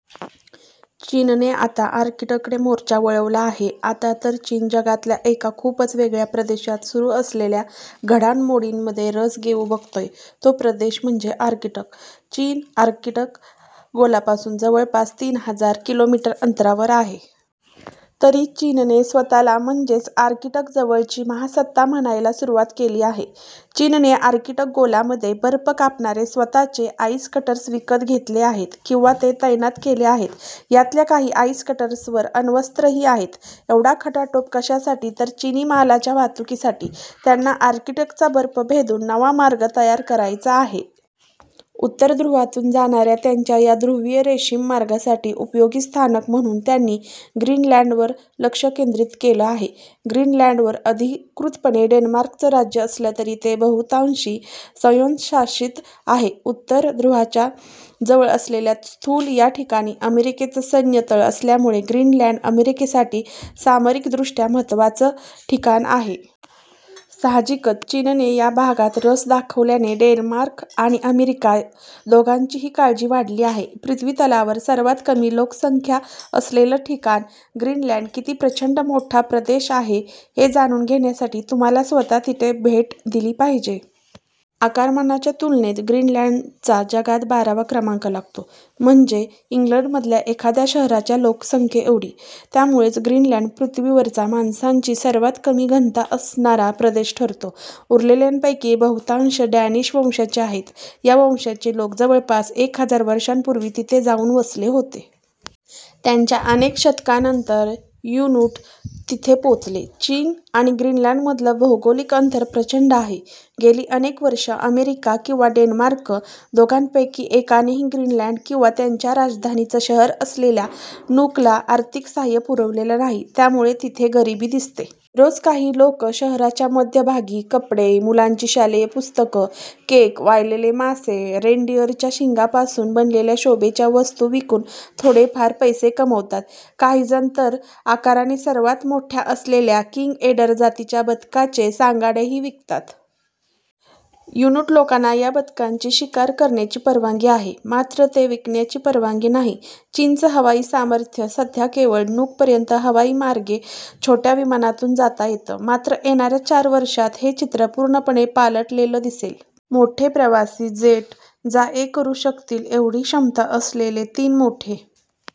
चीनने आता आर्क्टिककडे मोर्चा वळवला आहे. आता तर चीन जगातल्या एका खूपच वेगळ्या प्रदेशात सुरू असलेल्या घडामोडींमध्ये रस घेऊ बघतोय, तो प्रदेश म्हणजे आर्क्टिक. चीन आर्टिक्ट गोलापासून जवळपास तीन हजार किलोमीटर अंतरावर आहे. तरी चीनने स्वतःला म्हणजेच आर्क्टिकजवळची महासत्ता म्हणायला सुरुवात केली आहे. चीनने आर्क्टिक गोलामध्ये बर्फ कापणारे स्वतःचे आईस कटर्स विकत घेतले आहेत किंवा ते तैनात केले आहेत. यातल्या काही आईस कटर्सवर अण्वस्त्रही आहेत. एवढा खटाटोप कशासाठी तर चीनी मालाच्या वाहतुकीसाठी त्यांना आर्क्टिकचा बर्फ भेदून नवा मार्ग तयार करायचा आहे. उत्तर ध्रुवातून जाणाऱ्या त्यांच्या या ध्रुवीय रेशीम मार्गासाठी उपयोगी स्थानक म्हणून त्यांनी ग्रीनलँडवर लक्ष केंद्रित केलं आहे. ग्रीनलँडवर अधिकृतपणे डेन्मार्कचं राज्य असलं तरी ते बहुतांशी स्वयंशासित आहे. उत्तर ध्रुवाच्या जवळ असलेल्या थूल या ठिकाणी अमेरिकेचं सैन्यतळ असल्यामुळे ग्रीनलँड अमेरिकेसाठी सामरिकदृष्ट्या महत्त्वाचं ठिकाण आहे. साहजिकच चीनने या भागात रस दाखवल्याने डेन्मार्क आणि अमेरिका दोघांचीही काळजी वाढली आहे. पृथ्वीतलावर सर्वात कमी लोकसंख्या असलेलं ठिकाण ग्रीनलँड किती प्रचंड मोठा प्रदेश आहे, हे जाणून घेण्यासाठी तुम्हाला स्वतः तिथे भेट दिली पाहिजे. आकारमानाच्या तुलनेत ग्रीनलँडचा जगात बारावा क्रमांक लागतो. म्हणजे इंग्लंडमधल्या एखाद्या शहराच्या लोकसंख्येएवढी. त्यामुळेच ग्रीनलँड पृथ्वीवरचा माणसांची सर्वात कमी घनता असणारा प्रदेश ठरतो. उरलेल्यांपैकी बहुतांश डॅनिश वंशाचे आहेत. या वंशाचे लोक जवळपास एक हजार वर्षांपूर्वी तिथे जाऊन वसले होते. त्यांच्या अनेक शतकांनंतर इन्यूट तिथे पोहोचले. चीन आणि ग्रीनलँडमधलं भौगोलिक अंतर प्रचंड आहे. गेली अनेक वर्ष अमेरिका किंवा डेन्मार्क दोघांपैकी एकानेही ग्रीनलँड किंवा त्यांच्या राजधानीचं शहर असलेल्या नूकला आर्थिक सहाय्य पुरवलेलं नाही. त्यामुळे तिथे गरिबी दिसते. रोज काही लोक शहराच्या मध्यभागी कपडे, मुलांची शालेय पुस्तकं, केक, वाळवलेले मासे, रेनडिअरच्या शिंगांपासून बनवलेल्या शोभेच्या वस्तू विकून थोडेफार पैसे कमवतात. काहीजण तर आकाराने सर्वात मोठ्या असलेल्या किंग एडर जातीच्या बदकांचे सांगाडेही विकतात. इन्यूट लोकांना या बदकांची शिकार करण्याची परवानगी आहे. मात्र ते विकण्याची परवानगी नाही. चीनचं हवाई सामर्थ्य सध्या केवळ नूकपर्यंत हवाईमार्गे छोट्या विमानांतून जाता येतं. मात्र येणाऱ्या चार वर्षांत हे चित्र पूर्णपणे पालटलेलं दिसेल. मोठे प्रवासी जेट जा ये करू शकतील, एवढी क्षमता असलेले तीन मोठे